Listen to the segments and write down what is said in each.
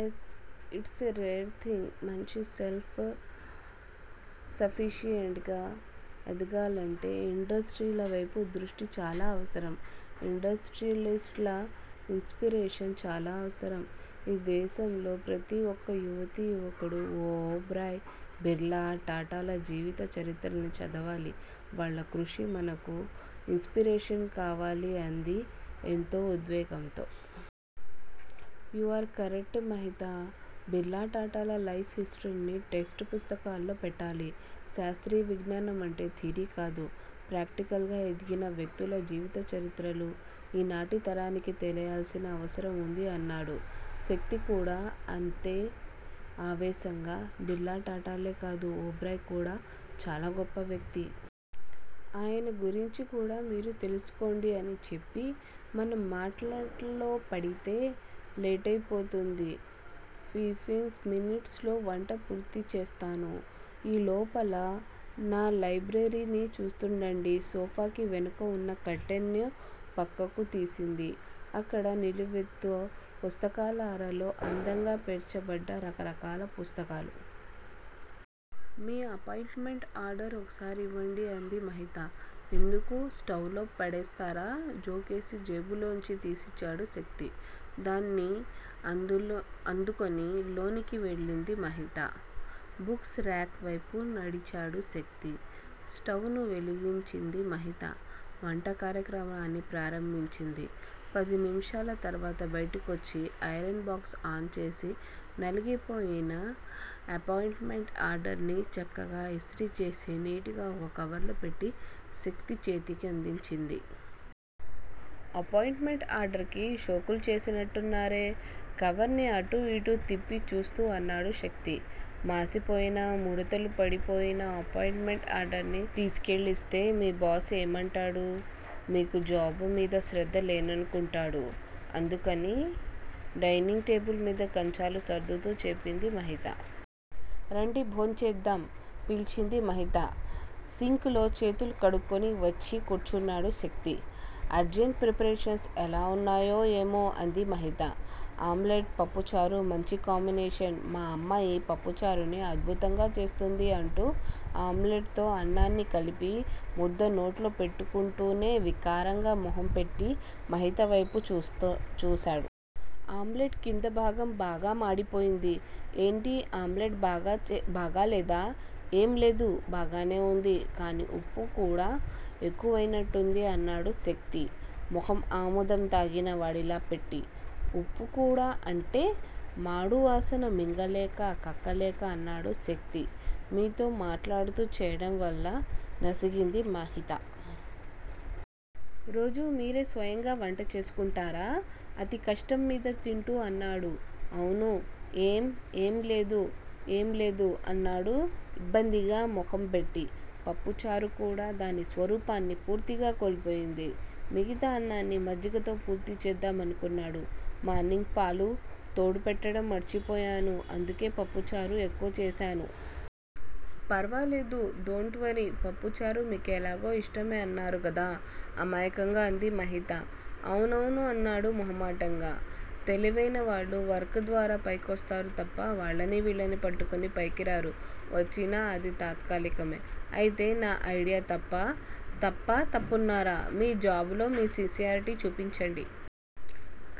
Yes it's a rare thing మనిషి self sufficient గా ఎదగాలంటే, ఇండస్ట్రీల వేపు దృష్టి చాలా అవసరం ఇండస్ట్రీయలిస్ట్ ల ఇన్ స్పిరేషన్ చాలా అవసరం. ఈ దేశంలో ప్రతి ఒక్క యువతి, యువకుడూ ఓబ్రాయ్, బిర్లా, టాటాల జీవిత చరిత్రల్ని చదవాలి వాళ్ళ కృషి మనకు ఇన్ స్పిరేషన్ కావాలి అంది ఎంతో ఉద్వేగంతో. You are correct Mahita Birla, టాటాల లైఫ్ హిస్టరీల్ని టెస్టు పుస్తకాల్లో పెట్టాలి శాస్త్రీయ విజ్ఞానమంటే, థీరీకాదు ప్రాక్టీకల్ గా ఎదిగిన వ్యక్తుల జీవిత చరిత్రలు, ఈనాటి తరానికి తెలియాల్సిన అవసరం వుంది అన్నాడు శక్తి కూడా అంతే ఆవేశంగా. బిర్లా, టాటాలే కాదు, ఓబ్రాయ్ కూడా చాలా గొప్ప వ్యక్తి. ఆయన గురించి కూడా మీరు తెలుసుకోండి అని చెప్పి మనం మాటల్లో పడితే లేటయిపోతుంది ఫిఫ్టీన్ మినిట్స్ లో వంట పూర్తి చేస్తాను ఈలోపల న లైబ్రరీని చూస్తుండండి సోఫాకి వెనుక వున్న కర్టెన్ ను ప్రక్కకు తీసింది. అక్కడ నిలువెత్తు పుస్తకాల అరలో అందంగా పేర్చబడ్డ రకరకాల పుస్తకాలు. మీ అపాయింట్ మెంట్ ఆర్డర్ ఒకసారివ్వండి అంది మహిత. ఎందుకు స్టవ్వులో పడేస్తారా జోకేసి జేబులోంచి తీసిచ్చాడు శక్తి. దాన్ని అందుకొని లోనికెళ్ళింది మహిత. బుక్స్ రేక్ వేపు నడిచాడు శక్తి. స్టవ్వును వెలిగించింది మహిత. వంట కార్యక్రమాన్ని ప్రారంభించింది. పది నిమిషాల తర్వాత బయటికొచ్చి, ఐరన్ బాక్స్ ఆన్ చేసి నలిగిపోయిన ఎపాయింట్ మెంట్ ఆర్డర్ ని, చక్కగా ఇస్త్రీ చేసి, నీట్ గా ఒక కవర్లో పెట్టి, శక్తి చేతి కందించింది. ఎపాయింట్ మెంట్ ఆర్డర్ కి షోకులు చేసినట్లున్నారే కవర్ని అటూ ఇటూ త్రిప్పి చూస్తూ అన్నాడు శక్తి. మాసిపోయి, ముడుతలు పడిపోయిన ఎపాయింట్ మెంట్ ఆర్డర్ ని తీసికెళ్ళిస్తే- మీ బాస్ ఏవంటాడు మీకు జాబు మీద శ్రద్ధ లేదనుకొంటాడు. అందుకని డైనింగ్ టేబుల్ మీద కంచాలు సర్దుతూ చెప్పింది మహిత. రండి భోంచేద్దాం పిలిచింది మహిత. సింక్ లో చేతులు కడుక్కొని వచ్చి కూర్చున్నాడు శక్తి. అర్జంట్ ప్రిపరేషన్స్ ఎలా వున్నాయో ఏమో అంది మహిత. ఆమ్లెట్ పప్పుచారు మంచి కాంబినేషన్ మా అమ్మ ఈ పప్పుచారుని అద్భుతంగా చేస్తుంది అంటూ ఆమ్లెట్ తో అన్నాన్ని కలిపి, ముద్ద నోట్లో పెట్టుకుంటూనే వికారంగా మొహం పెట్టి మహిత వేపు చూసాడు. ఆమ్లెట్ కింద భాగంలో బాగా మాడిపోయింది. ఏంటి ఆమ్లెట్ బాగాలేదా ఏంలేదు- బాగానేవుంది- కానీ ఉప్పు కూడా ఎక్కువైనట్లుంది అన్నాడు శక్తి మొఖం ఆముదం తాగిన వాడిలా పెట్టి. ఉప్పు కూడా అంటే? మాడువాసన మింగలేక, కక్కలేక అన్నాడు శక్తి. మీతో మాట్లాడుతూ చేయడంవల్ల నసిగింది మహిత. రోజూ మీరే స్వయంగా వంట చేసుకుంటారా అతి కష్టమ్మీద తింటూ అన్నాడు. అవును ఏం? ఏం లేదు ఏం లేదు అన్నాడు ఇబ్బందిగా మొఖం పెట్టి. పప్పుచారు కూడా దాని స్వరూపాన్ని పూర్తిగా కోల్పోయింది. మిగతా అన్నాన్ని మజ్జిగతో పూర్తి చేసేద్దామనుకున్నాడు. మార్నింగ్ పాలు తోడుబెట్టడం మర్చిపోయాను అందుకే పప్పుచారు ఎక్కువ చేసాను. ఫర్వాలేదు డోంట్ వర్రీ పప్పుచారు మీకెలాగూ ఇష్టమే అన్నారుగదా అమాయకంగా అంది మహిత. అవునవును అన్నాడు మొహమాటంగా. తెలివైనవాళ్ళు వర్క్ ద్వారా పైకొస్తారు తప్ప వాళ్ళనీ, వీళ్ళనీ పట్టుకొని పైకిరారు. వచ్చినా అది తాత్కాలికమే. అయితే నా ఐడియా తప్పా? తప్పా- తప్పున్నరా మీ బాజ్ లో మీ సిన్సియారిటీ చూపించండి.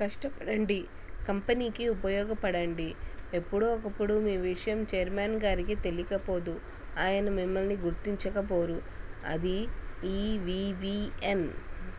కష్టపడండి. కంపెనీకి ఉపయోగపడండి ఎప్పుడో ఒకప్పుడు మీ విషయం ఛైర్మన్ గారికి తెలీకపోదు. ఆయన మిమ్మల్ని గుర్తించకపోరు అది ఈ వి. వి. ఎన్